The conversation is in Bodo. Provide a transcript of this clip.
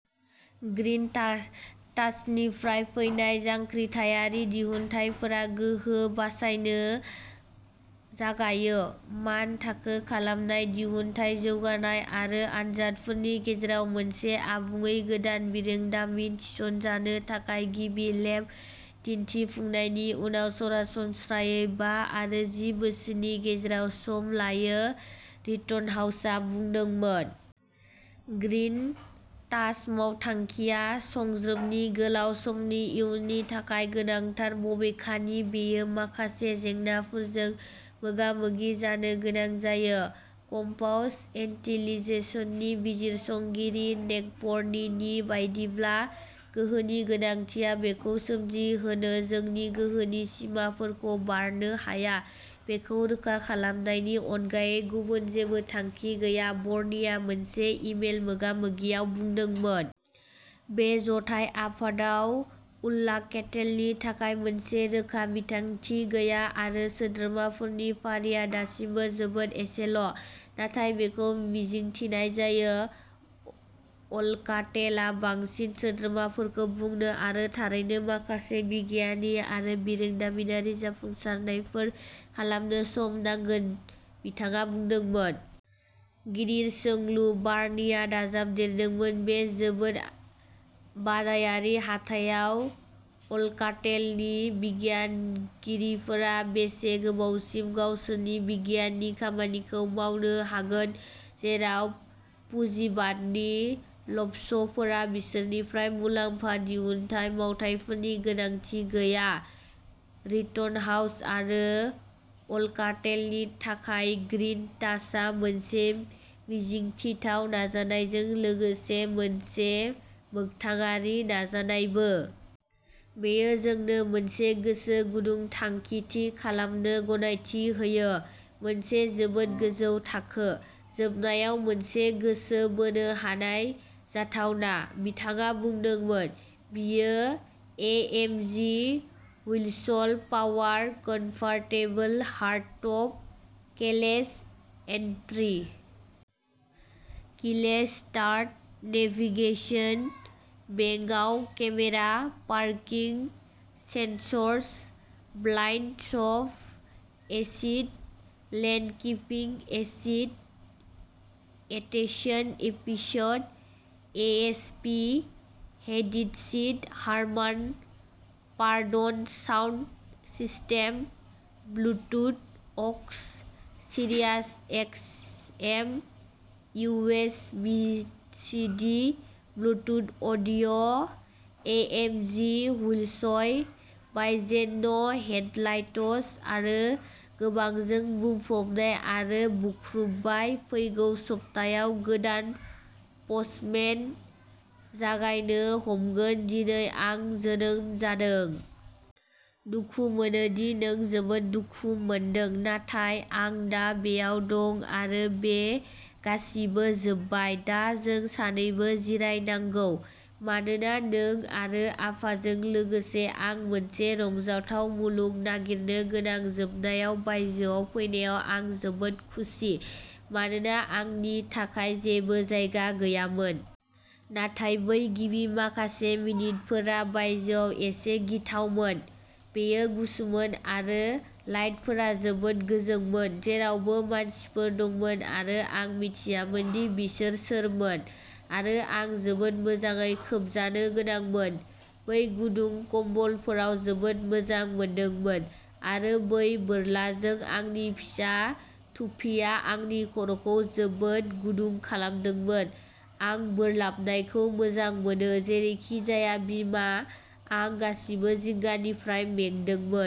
ग्रिन टाच टाचनिफ्राय फैनाय जांख्रिथायारि दिहुनथायफोरा गोहो बासायनो जागायो। मान थाखो खालामनाय दिहुनथाय जौगानाय आरो आनजादफोरनि गेजेराव, मोनसे आबुङै गोदान बिरोंदामिन थिसनजानो थाखाय गिबि लेब दिनथिफुंनायनि उनाव सरासनस्रायै बा आरो जि बोसोरनि गेजेराव सम लायो रिटनहाउसा बुंदोंमोन। ग्रिन टाच मावथांखिआ सुंज्रोबनि गोलाव समनि इयुननि थाखाय गोनांथार बबेखानि बेयो माखासे जेंनाफोरजों मोगा-मोगि जानो गोनां जायो, कम्पास इनटेलिजेन्सनि बिजिरसंगिरि नेक'बर्नि नि बायदिब्ला। गोहोनि गोनांथिया बेखौ सोमजिहोनो जोंनि गोहोनि सिमाफोरखौ बारनो हाया बेखौ रोखा खालामनायनि अनगायै गुबुन जेबो थांखि गैया बर्निआ मोनसे इ-मेल मोगा-मोगियाव बुंदोंमोन। बे जथाय आफादाव उल्लाकेटेलनि थाखाय मोनसे रोखा बिथांखि गैया आरो सोद्रोमाफोरनि फारिया दासिमबो जोबोद एसेल'। नाथाय बेखौ मिजिंथिनाय जायो। अल्काटेलआ बांसिन सोद्रोमाफोरखौ बुंनो आरो थारैनो माखासे बिगियानारि आरो बिरोंदामिनारि जाफुंसारनायफोर खालामनो सम नांगोन, बिथाङा बुंदोंमोन। गिदिर सोंलु। बार्निआ दाजाबदेरदोंमोन बे जोबोद बादायारि हाथाइयाव अल्काटेलनि बिगियानगिरिफोरा बेसे गोबावसिम गावसोरनि बिगियाननि खामानिखौ मावनो हागोन जेराव पुजिबादनि ल'भ्सफोरा बिसोरनिफ्राय मुलाम्फा दिहुनथाइ मावथायफोरनि गोनांथि गैया। रिटनहाउस आरो अल्काटेलनि थाखाय ग्रिन टाचआ मोनसे मिजिंथिथाव नाजानायजों लोगोसे मोनसे मोखथांआरि नाजानायबो। बेयो जोंनो मोनसे गोसो गुदुं थांखि थि खालामनो गनायथि होयो, मोनसे जोबोद गोजौ थाखो, जोबनायाव मोनसे गोसो बोनो हानाय जाथावना, बिथाङा बुंदोंमोन। बेयो A M G wheels power convertible hard top, keyless entry, keyless start, navigation, backup camera, parking sensors, blind spot assist, lane keeping assist, attention assist, E S P, heated seat, Harman, Kardon sound system, Bluetooth, aux, Sirius X M, U S B, C D, Bluetooth audio', A M G wheels, bi xenon headlights आरो गोबांजों बुंफबनाय आं बुख्रुबबाय फैगौ सप्तायाव गोदान पस्टमेन जागायनो हमगोन दिनै आं जोनों जादों। दुखु मोनो दि नों जोबोद दुखु मोनदों, नाथाय आं दा बेयाव दं आरो बे गासिबो जोबबाय। दा जों सानैबो जिरायनांगौ। मानोना नों आरो आफाजों लोगोसे आं मोनसे रंजाथाव मुलुग नागिरनो गोनां जोबनायाव बायजोआव फैनायाव आं जोबोद खुसि, मानोना आंनि थाखाय जेबो जायगा गैयामोन। नाथाय बै गिबि माखासे मिनिटफोरा बायजोआव एसे गिथावमोन। बेयो गुसुमोन आरो लाइटफोरा जोबोद गोजोंमोन जेरावबो मानसिफोर दंमोन आरो आं मिथियामोन दि बिसोर सोरमोन। आरो आं जोबोद मोजाङै खोबजानो गोनांमोन। बै गुदुं खमबलफोरा जोबोद मोजां मोनदोंमोन, आरो बै बोरलाजों आंनि फिसा थुफिआ आंनि खर'खौ जोबोद गुदुं खालामदोंमोन आं बोरलाबनायखौ मोजां मोनो जेरैखिजाया बिमा आं गासिबो जिंगानिफ्राय मेंदोंमोन।